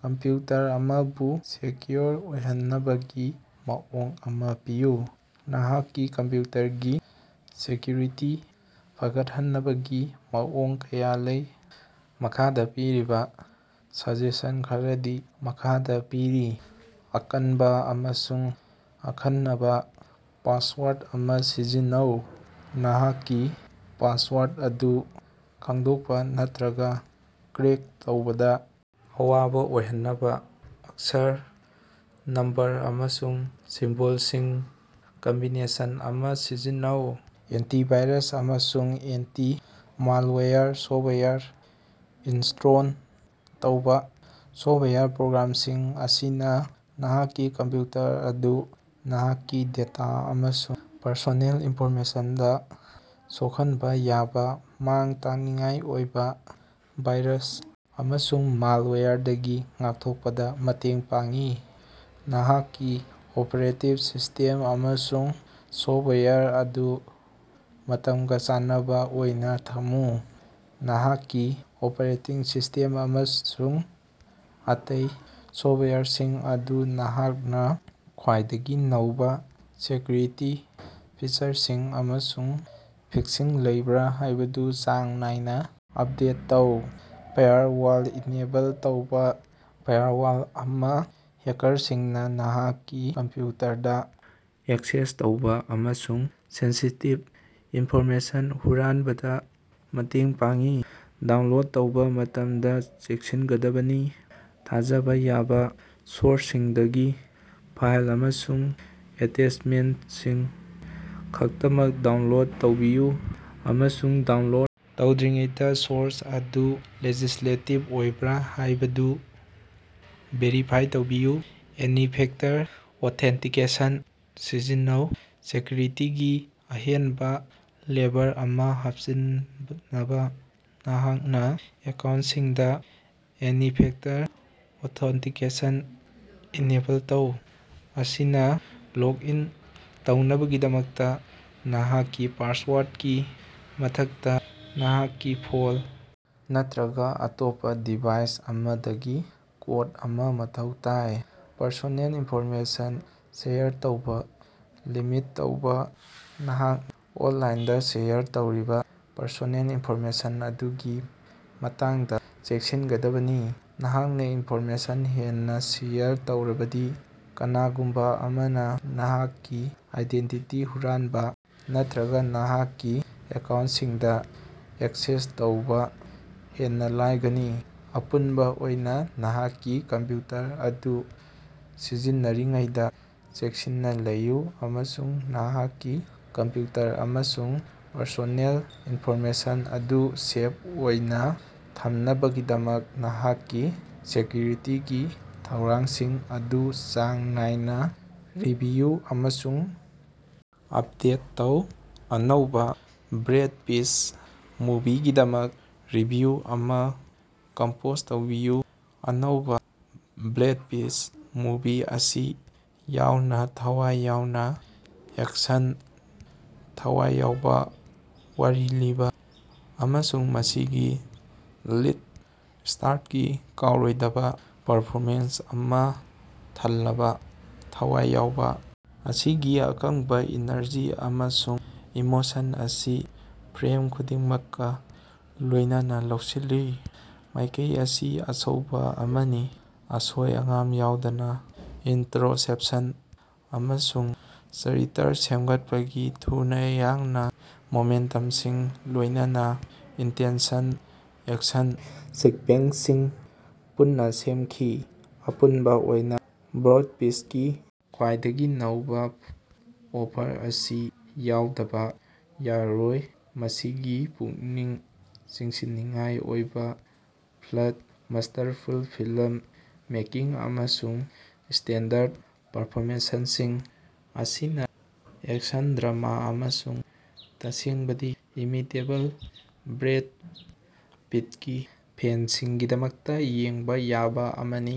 Computer ꯑꯃꯕꯨ secure ꯑꯣꯏꯍꯟꯅꯕꯒꯤ ꯃꯑꯣꯡ ꯑꯃꯥ ꯄꯤꯌꯨ꯫ ꯅꯍꯥꯛꯀꯤ ꯀꯝꯄꯌꯨꯇꯔꯒꯤ ꯁꯦꯛꯌꯨꯔꯤꯇꯤ ꯐꯒꯠꯍꯟꯅꯕꯒꯤ ꯃꯑꯣꯡ ꯀꯌꯥ ꯂꯩ꯫ ꯃꯈꯥꯗꯥ ꯄꯤꯔꯤꯕꯥ ꯁꯖꯦꯁꯟ ꯈꯔꯗꯤ ꯃꯈꯥꯗꯥ ꯄꯤꯔꯤ: ꯑꯀꯟꯕꯥ ꯑꯃꯁꯨꯡ ꯑꯈꯟꯅꯕ ꯄꯥꯁꯋꯥꯔꯗ ꯑꯃꯥ ꯁꯤꯖꯤꯟꯅꯧ: ꯅꯍꯥꯛꯀꯤ ꯄꯥꯁꯋꯥꯔꯗ ꯑꯗꯨ ꯈꯪꯗꯣꯛꯄꯥ ꯅꯠꯇꯔꯒ ꯀ꯭ꯔꯦꯛ ꯇꯧꯕꯗ ꯑꯋꯥꯕ ꯑꯣꯏꯍꯟꯅꯕ ꯑꯛꯁꯔ, ꯅꯝꯕꯔ ꯑꯃꯁꯨꯡ ꯁꯤꯝꯕꯣꯜꯁꯤꯡꯒꯤ ꯀꯝꯕꯤꯅꯦꯁꯟ ꯑꯃꯥ ꯁꯤꯖꯤꯟꯅꯧ꯫ ꯑꯦꯟꯇꯤ ꯚꯥꯏꯔꯁ ꯑꯃꯁꯨꯡ ꯑꯦꯟꯇꯤ ꯃꯥꯜꯋꯥꯌꯔ ꯁꯣꯐꯋꯥꯌꯔ ꯏꯟꯁ꯭ꯇꯣꯜ ꯇꯧꯕꯥ: ꯁꯣꯐꯋꯥꯌꯔ ꯄ꯭ꯔꯣꯒ꯭ꯔꯥꯝꯁꯤꯡ ꯑꯁꯤꯅ ꯅꯍꯥꯛꯀꯤ ꯀꯝꯄꯌꯨꯇꯔ ꯑꯗꯨ ꯅꯍꯥꯛꯀꯤ ꯗꯦꯇꯥ ꯑꯃꯁꯨꯡ ꯄꯔꯁꯣꯅꯦꯜ ꯏꯟꯐꯣꯔꯃꯦꯁꯟꯗ ꯁꯣꯛꯍꯟꯕ ꯌꯥꯕꯥ ꯃꯥꯡ-ꯇꯥꯛꯅꯤꯡꯉꯥꯏ ꯑꯣꯏꯕ ꯚꯥꯏꯔꯁ ꯑꯃꯁꯨꯡ ꯃꯥꯜꯋꯥꯌꯔꯗꯒꯤ ꯉꯥꯛꯊꯣꯛꯄꯗ ꯃꯇꯦꯡ ꯄꯥꯡꯏ꯫ ꯅꯍꯥꯛꯀꯤ ꯑꯣꯄꯔꯦꯇꯤꯡ ꯁꯤꯁ꯭ꯇꯦꯝ ꯑꯃꯁꯨꯡ ꯁꯣꯐꯋꯥꯌꯔ ꯑꯗꯨ ꯃꯇꯝꯒꯥ ꯆꯥꯟꯅꯕꯥ ꯑꯣꯏꯅꯥ ꯊꯝꯃꯨ: ꯅꯍꯥꯛꯀꯤ ꯑꯣꯄꯔꯦꯇꯤꯡ ꯁꯤꯁ꯭ꯇꯦꯝ ꯑꯃꯁꯨꯡ ꯑꯇꯩ ꯁꯣꯐꯋꯥꯌꯔꯁꯤꯡ ꯑꯗꯨ ꯅꯍꯥꯛꯅ ꯈ꯭ꯋꯥꯏꯗꯒꯤ ꯅꯧꯕꯥ ꯁꯦꯛꯌꯨꯔꯤꯇꯤ ꯐꯤꯆꯔꯁꯤꯡ ꯑꯃꯁꯨꯡ ꯐꯤꯛꯁꯁꯤꯡ ꯂꯩꯕ꯭ꯔꯥ ꯍꯥꯏꯕꯗꯨ ꯆꯥꯡ ꯅꯥꯏꯅꯥ ꯑꯞꯗꯦꯠ ꯇꯧ꯫ ꯐꯥꯏꯔꯋꯥꯜ ꯏꯅꯦꯕꯜ ꯇꯧꯕꯥ: ꯐꯥꯏꯔꯋꯥꯜ ꯑꯃꯅꯥ ꯍꯦꯀꯥꯔꯁꯤꯡꯅꯥ ꯅꯍꯥꯛꯀꯤ ꯀꯝꯄꯌꯨꯇꯔꯗꯥ ꯑꯦꯛꯁꯦꯁ ꯇꯧꯕꯥ ꯑꯃꯁꯨꯡ ꯁꯦꯟꯁꯤꯇꯤꯚ ꯏꯟꯐꯣꯔꯃꯦꯁꯟ ꯍꯨꯔꯥꯟꯕꯗꯥ ꯃꯇꯦꯡ ꯄꯥꯡꯏ꯫ ꯗꯥꯎꯟꯂꯣꯗ ꯇꯧꯕ ꯃꯇꯝꯗ ꯆꯦꯛꯁꯤꯟꯒꯗꯕꯅꯤ: ꯊꯥꯖꯕ ꯌꯥꯕꯥ ꯁꯣꯔꯁꯁꯤꯡꯗꯒꯤ ꯐꯥꯏꯜ ꯑꯃꯁꯨꯡ ꯑꯦꯇꯦꯆꯃꯦꯟꯠꯁꯤꯡ ꯈꯛꯇꯃꯛ ꯗꯥꯎꯟꯂꯣꯗ ꯇꯧꯕꯤꯌꯨ, ꯑꯃꯁꯨꯡ ꯗꯥꯎꯟꯂꯣꯗ ꯇꯧꯗ꯭ꯔꯤꯉꯩꯗꯥ ꯁꯣꯔꯁ ꯑꯗꯨ ꯂꯦꯖꯤꯁ꯭ꯂꯦꯇꯤꯕ ꯑꯣꯏꯕ꯭ꯔꯥ ꯍꯥꯏꯕꯗꯨ ꯚꯦꯔꯤꯐꯥꯏ ꯇꯧꯕꯤꯌꯨ꯫ ꯑꯅꯤ ꯐꯦꯛꯇꯔ ꯑꯣꯊꯦꯟꯇꯤꯀꯦꯁꯟ ꯁꯤꯖꯤꯟꯅꯧ: ꯁꯦꯛꯌꯨꯔꯤꯇꯤꯒꯤ ꯑꯍꯦꯟꯕꯥ ꯂꯦꯌꯔ ꯑꯃꯥ ꯍꯥꯞꯆꯤꯟꯅꯕꯥ ꯅꯍꯥꯛꯀꯤ ꯑꯦꯀꯥꯎꯟꯠꯁꯤꯡꯗꯥ ꯑꯅꯤ ꯐꯦꯛꯇꯔ ꯑꯣꯊꯦꯟꯇꯤꯀꯦꯁꯟ ꯏꯅꯦꯕꯜ ꯇꯧ꯫ ꯃꯁꯤꯅꯥ ꯂꯣꯒ ꯏꯟ ꯇꯧꯅꯕꯒꯤꯗꯃꯛꯇꯥ ꯅꯍꯥꯛꯀꯤ ꯄꯥꯁꯋꯥꯔꯗꯀꯤ ꯃꯊꯛꯇꯥ, ꯅꯍꯥꯛꯀꯤ ꯐꯣꯟ ꯅꯠꯇꯔꯒꯥ ꯑꯇꯣꯞꯄꯥ ꯗꯤꯚꯥꯏꯁ ꯑꯃꯗꯒꯤ ꯀꯣꯗ ꯑꯃꯥ ꯃꯊꯧ ꯇꯥꯏ꯫ ꯄꯔꯁꯣꯅꯦꯜ ꯏꯟꯐꯣꯔꯃꯦꯁꯟ ꯁꯦꯌꯔ ꯇꯧꯕꯥ ꯂꯤꯃꯤꯠ ꯇꯧꯕꯥ: ꯅꯍꯥꯛꯅꯥ ꯑꯣꯟꯂꯥꯏꯟꯗꯥ ꯁꯦꯌꯔ ꯇꯧꯔꯤꯕ ꯄꯔꯁꯣꯅꯦꯜ ꯏꯟꯐꯣꯔꯃꯦꯁꯟ ꯑꯗꯨꯒꯤ ꯃꯇꯥꯡꯗꯥ ꯆꯦꯛꯁꯤꯟꯒꯗꯕꯅꯤ꯫ ꯅꯍꯥꯛꯅ ꯏꯟꯐꯣꯔꯃꯦꯁꯟ ꯍꯦꯟꯅ ꯁꯦꯌꯔ ꯇꯧꯔꯕꯗꯤ, ꯀꯅꯥꯒꯨꯝꯕ ꯑꯃꯅꯥ ꯅꯍꯥꯛꯀꯤ ꯑꯥꯏꯗꯦꯟꯇꯤꯇꯤ ꯍꯨꯔꯥꯟꯕꯥ ꯅꯠꯇꯔꯒ ꯅꯍꯥꯛꯀꯤ ꯑꯦꯀꯥꯎꯟꯇꯁꯤꯡꯗ ꯑꯦꯛꯁꯦꯁ ꯇꯧꯕ ꯍꯦꯟꯅ ꯂꯥꯏꯒꯅꯤ꯫ ꯑꯄꯨꯟꯕꯥ ꯑꯣꯏꯅꯥ, ꯅꯍꯥꯛꯀꯤ ꯀꯝꯄꯌꯨꯇꯔ ꯑꯗꯨ ꯁꯤꯖꯤꯟꯅꯔꯤꯉꯩꯗ ꯆꯦꯛꯁꯤꯟꯅꯥ ꯂꯩꯌꯨ ꯑꯃꯁꯨꯡ ꯅꯍꯥꯛꯀꯤ ꯀꯝꯄꯌꯨꯇꯔ ꯑꯃꯁꯨꯡ ꯄꯔꯁꯣꯅꯦꯜ ꯏꯟꯐꯣꯔꯃꯦꯁꯟ ꯑꯗꯨ ꯁꯦꯐ ꯑꯣꯏꯅ ꯊꯝꯅꯕꯒꯤꯗꯃꯛ ꯅꯍꯥꯛꯀꯤ ꯁꯦꯛꯌꯨꯔꯤꯇꯤꯒꯤ ꯊꯧꯔꯥꯡꯁꯤꯡ ꯑꯗꯨ ꯆꯥꯡ ꯅꯥꯏꯅꯥ ꯔꯤꯚꯤꯌꯨ ꯑꯃꯁꯨꯡ ꯑꯞꯗꯦꯠ ꯇꯧ꯫ ꯑꯅꯧꯕꯥ ꯕ꯭ꯔꯦꯗ ꯄꯤꯠ ꯃꯨꯚꯤꯒꯤꯗꯃꯛ ꯔꯤꯚꯤꯌꯨ ꯑꯃꯥ ꯀꯝꯄꯣꯖ ꯇꯧꯕꯤꯌꯨ꯫ ꯑꯅꯧꯕꯥ ꯕ꯭ꯔꯦꯗ ꯄꯤꯠ ꯃꯨꯚꯤ ꯑꯁꯤ ꯌꯥꯝꯅꯥ ꯊꯋꯥꯏ ꯌꯥꯎꯕ ꯑꯦꯛꯁꯟ, ꯊꯋꯥꯏ ꯌꯥꯎꯕ ꯋꯥꯔꯤ ꯂꯤꯕꯥ, ꯑꯃꯁꯨꯡ ꯃꯁꯤꯒꯤ ꯂꯤꯗ ꯁ꯭ꯇꯥꯔꯗꯒꯤ ꯀꯥꯎꯔꯣꯏꯗꯕ ꯄꯔꯐꯣꯃꯦꯟꯁ ꯑꯃꯅ ꯊꯜꯂꯕꯥ ꯊꯋꯥꯏ ꯌꯥꯎꯕꯥ ꯑꯁꯤꯒꯤ ꯑꯀꯪꯕꯥ ꯏꯅꯔꯖꯤ ꯑꯃꯁꯨꯡ ꯏꯃꯣꯁꯟ ꯑꯁꯤ ꯐ꯭ꯔꯦꯝ ꯈꯨꯗꯤꯡꯃꯛꯀ ꯂꯣꯏꯅꯅꯥ ꯂꯧꯁꯤꯜꯂꯤ꯫ ꯃꯥꯏꯀꯩ ꯑꯁꯤ ꯑꯆꯧꯕꯥ ꯑꯃꯅꯤ, ꯑꯁꯣꯏ-ꯑꯉꯥꯝ ꯌꯥꯎꯗꯅ ꯏꯟꯇꯔꯣꯁ꯭ꯄꯦꯛꯁꯟ ꯑꯃꯁꯨꯡ ꯆꯔꯤꯇꯔ ꯁꯦꯝꯒꯠꯄꯒꯤ ꯊꯨꯅꯥ ꯌꯥꯡꯅꯥ ꯃꯣꯃꯦꯟꯇꯝꯁꯤꯡꯒ ꯂꯣꯏꯅꯅꯥ ꯏꯟꯇꯦꯟꯁꯟ ꯑꯦꯛꯁꯟ ꯁꯤꯛꯕꯦꯟꯁꯁꯤꯡ ꯄꯨꯟꯅ ꯁꯦꯝꯈꯤ꯫ ꯑꯄꯨꯟꯕ ꯑꯣꯏꯅ ꯕ꯭ꯔꯗ ꯄꯤꯠꯀꯤ ꯈ꯭ꯋꯥꯏꯗꯒꯤ ꯅꯧꯕ ꯑꯣꯐꯔ ꯑꯁꯤ ꯌꯥꯎꯗꯕꯥ ꯌꯥꯔꯣꯏ꯫ ꯃꯁꯤꯒꯤ ꯄꯨꯛꯅꯤꯡ ꯆꯤꯡꯁꯤꯟꯅꯤꯡꯉꯥꯏ ꯑꯣꯏꯕ ꯄ꯭ꯂꯠ, ꯃꯥꯁ꯭ꯇꯔꯐꯨꯜ ꯐꯤꯂꯝ ꯃꯦꯀꯤꯡ, ꯑꯃꯁꯨꯡ ꯁ꯭ꯇꯦꯟꯗꯑꯥꯎꯠ ꯄꯔꯐꯣꯃꯦꯟꯁꯁꯤꯡ ꯑꯁꯤꯅ ꯑꯦꯛꯁꯟ, ꯗ꯭ꯔꯃꯥ ꯑꯃꯁꯨꯡ ꯇꯁꯦꯡꯕꯗꯤ, ꯏꯃꯤꯇꯦꯕꯜ ꯕ꯭ꯔꯦꯗ ꯄꯤꯠꯀꯤ ꯐꯦꯟꯁꯤꯡꯒꯤꯗꯃꯛꯇꯥ ꯌꯦꯡꯕꯥ ꯌꯥꯕꯥ ꯑꯃꯅꯤ꯫